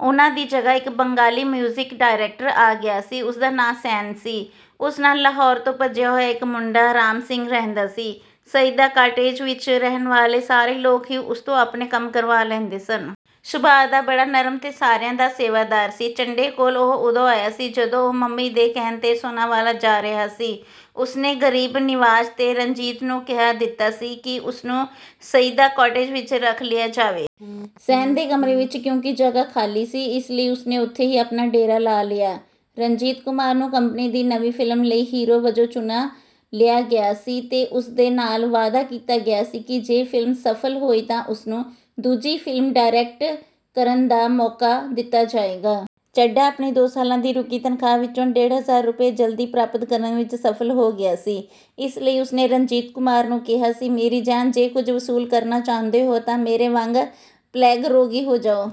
ਉਹਨਾਂ ਦੀ ਜਗ੍ਹਾ ਇਕ ਬੰਗਾਲੀ ਮਿਊਜ਼ਿਕ ਡਾਇਰੈਕਟਰ ਆ ਗਿਆ ਸੀ। ਉਸਦਾ ਨਾਂਅ ਸੈਨ ਸੀ। ਉਸ ਨਾਲ ਲਾਹੌਰ ਤੋਂ ਭੱਜਿਆ ਹੋਇਆ ਇਕ ਮੁੰਡਾ ਰਾਮ ਸਿੰਘ ਰਹਿੰਦਾ ਸੀ। ਸਈਦਾ ਕਾਟੇਜ ਵਿਚ ਰਹਿਣ ਵਾਲੇ ਸਾਰੇ ਲੋਕ ਹੀ ਉਸ ਤੋਂ ਆਪਣੇ ਕੰਮ ਕਰਵਾ ਲੈਂਦੇ ਸਨ। ਸੁਭਾਅ ਦਾ ਬੜਾ ਨਰਮ ਤੇ ਸਾਰਿਆਂ ਦਾ ਸੇਵਾਦਾਰ ਸੀ। ਚੱਡੇ ਕੋਲ ਉਹ ਉਦੋਂ ਆਇਆ ਸੀ ਜਦੋਂ ਉਹ ਮੰਮੀ ਦੇ ਕਹਿਣ 'ਤੇ ਸੋਨਾਵਾਲਾ ਜਾ ਰਿਹਾ ਸੀ। ਉਸਨੇ ਗਰੀਬ ਨਿਵਾਜ਼ ਤੇ ਰਣਜੀਤ ਨੂੰ ਕਹਿ ਦਿੱਤਾ ਸੀ ਕਿ ਉਸਨੂੰ ਸਈਦਾ ਕਾਟੇਜ ਵਿਚ ਰੱਖ ਲਿਆ ਜਾਵੇ। ਸੇਨ ਦੇ ਕਮਰੇ ਵਿਚ ਕਿਉਂਕਿ ਜਗ੍ਹਾ ਖਾਲੀ ਸੀ, ਇਸ ਲਈ ਉਸਨੇ ਉੱਥੇ ਹੀ ਆਪਣਾ ਡੇਰਾ ਲਾ ਲਿਆ ਸੀ। ਰਣਜੀਤ ਕੁਮਾਰ ਨੂੰ ਕੰਪਨੀ ਦੀ ਨਵੀਂ ਫ਼ਿਲਮ ਲਈ ਹੀਰੋ ਵਜੋਂ ਚੁਣ ਲਿਆ ਗਿਆ ਸੀ ਤੇ ਉਸ ਦੇ ਨਾਲ ਵਾਅਦਾ ਕੀਤਾ ਗਿਆ ਸੀ ਕਿ ਜੇ ਫਿਲਮ ਸਫਲ ਹੋਈ ਤਾਂ ਉਸਨੂੰ ਦੂਜੀ ਫਿਲਮ ਡਾਇਰੈਕਟ ਕਰਨ ਦਾ ਮੌਕਾ ਦਿੱਤਾ ਜਾਏਗਾ। ਚੱਡਾ ਆਪਣੀ ਦੋ ਸਾਲਾਂ ਦੀ ਰੁਕੀ ਤਨਖ਼ਾਹ ਵਿਚੋਂ ਡੇਢ ਹਜ਼ਾਰ ਰੁਪਏ ਜਲਦੀ ਪ੍ਰਾਪਤ ਕਰਨ ਵਿਚ ਸਫਲ ਹੋ ਗਿਆ ਸੀ, ਇਸ ਲਈ ਉਸਨੇ ਰਣਜੀਤ ਕੁਮਾਰ ਨੂੰ ਕਿਹਾ ਸੀ, "ਮੇਰੀ ਜਾਨ, ਜੇ ਕੁਝ ਵਸੂਲ ਕਰਨਾ ਚਾਹੁੰਦੇ ਹੋ ਤਾਂ ਮੇਰੇ ਵਾਂਗ 'ਪਲੇਗ-ਰੋਗੀ' ਹੋ ਜਾਓ।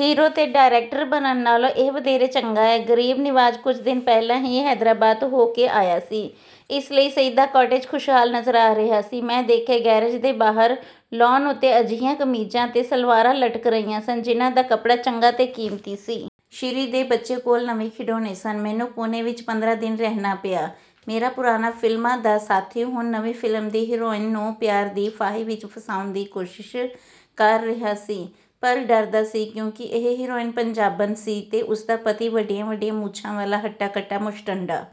ਹੀਰੋ ਤੇ ਡਾਇਰੈਕਟਰ ਬਣਨ ਨਾਲੋਂ, ਇਹ ਵਧੇਰੇ ਚੰਗਾ ਏ। " ਗਰੀਬ ਨਿਵਾਜ ਕੁਝ ਦਿਨ ਪਹਿਲਾਂ ਹੀ ਹੈਦਰਾਬਾਦ ਹੋ ਕੇ ਆਇਆ ਸੀ, ਇਸ ਲਈ ਸਈਦਾ ਕਾਟੇਜ ਖੁਸ਼ਹਾਲ ਨਜ਼ਰ ਆ ਰਿਹਾ ਸੀ। ਮੈਂ ਦੇਖਿਆ, ਗੈਰੇਜ ਦੇ ਬਾਹਰ ਲਾਅਨ ਉੱਤੇ ਅਜਿਹੀਆਂ ਕਮੀਜ਼ਾਂ ਤੇ ਸਲਵਾਰਾਂ ਲਟਕ ਰਹੀਆਂ ਸਨ, ਜਿਹਨਾਂ ਦਾ ਕੱਪੜਾ ਚੰਗਾ ਤੇ ਕੀਮਤੀ ਸੀ। ਸ਼ੀਰੀਂ ਦੇ ਬੱਚੇ ਕੋਲ ਨਵੇਂ ਖਿਡੌਣੇ ਸਨ। ਮੈਨੂੰ ਪੂਨੇ ਵਿਚ ਪੰਦਰਾਂ ਦਿਨ ਰਹਿਣਾ ਪਿਆ। ਮੇਰਾ ਪੁਰਾਣਾ ਫਿਲਮਾਂ ਦਾ ਸਾਥੀ ਹੁਣ ਨਵੀਂ ਫ਼ਿਲਮ ਦੀ ਹੀਰੋਇਨ ਨੂੰ ਪਿਆਰ ਦੀ ਫਾਹੀ ਵਿਚ ਫਸਾਉਣ ਦੀ ਕੋਸ਼ਿਸ਼ ਕਰ ਰਿਹਾ ਸੀ, ਪਰ ਡਰਦਾ ਸੀ, ਕਿਉਂਕਿ ਇਹ ਹੀਰੋਇਨ ਪੰਜਾਬਣ ਸੀ ਤੇ ਉਸਦਾ ਪਤੀ ਵੱਡੀਆਂ-ਵੱਡੀਆਂ ਮੁੱਛਾਂ ਵਾਲਾ ਹੱਟਾ-ਕੱਟਾ ਮੁਸ਼ਟੰਡਾ।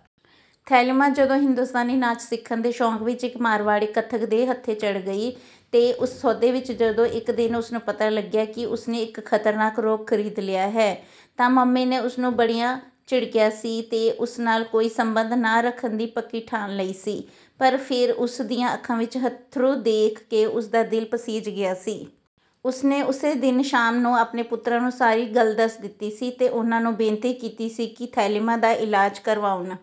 ਥੈਲਿਮਾ ਜਦੋਂ ਹਿੰਦੁਸਤਾਨੀ ਨਾਚ ਸਿੱਖਣ ਦੇ ਸ਼ੌਕ ਵਿਚ ਇਕ ਮਾਰਵਾੜੀ ਕਥਕ ਦੇ ਹੱਥੇ ਚੜ੍ਹ ਗਈ, ਤੇ ਉਸ ਸੌਦੇ ਵਿਚ ਜਦੋਂ ਇਕ ਦਿਨ ਉਸਨੂੰ ਪਤਾ ਲੱਗਿਆ ਕਿ ਉਸਨੇ ਇਕ ਖਤਰਨਾਕ ਰੋਗ ਖਰੀਦ ਲਿਆ ਹੈ ਤਾਂ ਮੰਮੀ ਨੇ ਉਸਨੂੰ ਬੜਾ ਝਿੜਕਿਆ ਸੀ ਤੇ ਉਸ ਨਾਲ ਕੋਈ ਸੰਬੰਧ ਨਾ ਰੱਖਣ ਦੀ ਪੱਕੀ ਠਾਣ ਲਈ ਸੀ, ਪਰ ਫੇਰ ਉਸ ਦੀਆਂ ਅੱਖਾਂ ਵਿਚ ਅੱਥਰੂ ਦੇਖ ਕੇ ਉਸਦਾ ਦਿਲ ਪਸੀਜ ਗਿਆ ਸੀ। ਉਸਨੇ ਉਸੇ ਦਿਨ ਸ਼ਾਮ ਨੂੰ ਆਪਣੇ ਪੁੱਤਰਾਂ ਨੂੰ ਸਾਰੀ ਗੱਲ ਦੱਸ ਦਿੱਤੀ ਸੀ ਤੇ ਉਹਨਾਂ ਨੂੰ ਬੇਨਤੀ ਕੀਤੀ ਸੀ ਕਿ ਥੈਲਿਮਾ ਦਾ ਇਲਾਜ਼ ਕਰਵਾਉਣ।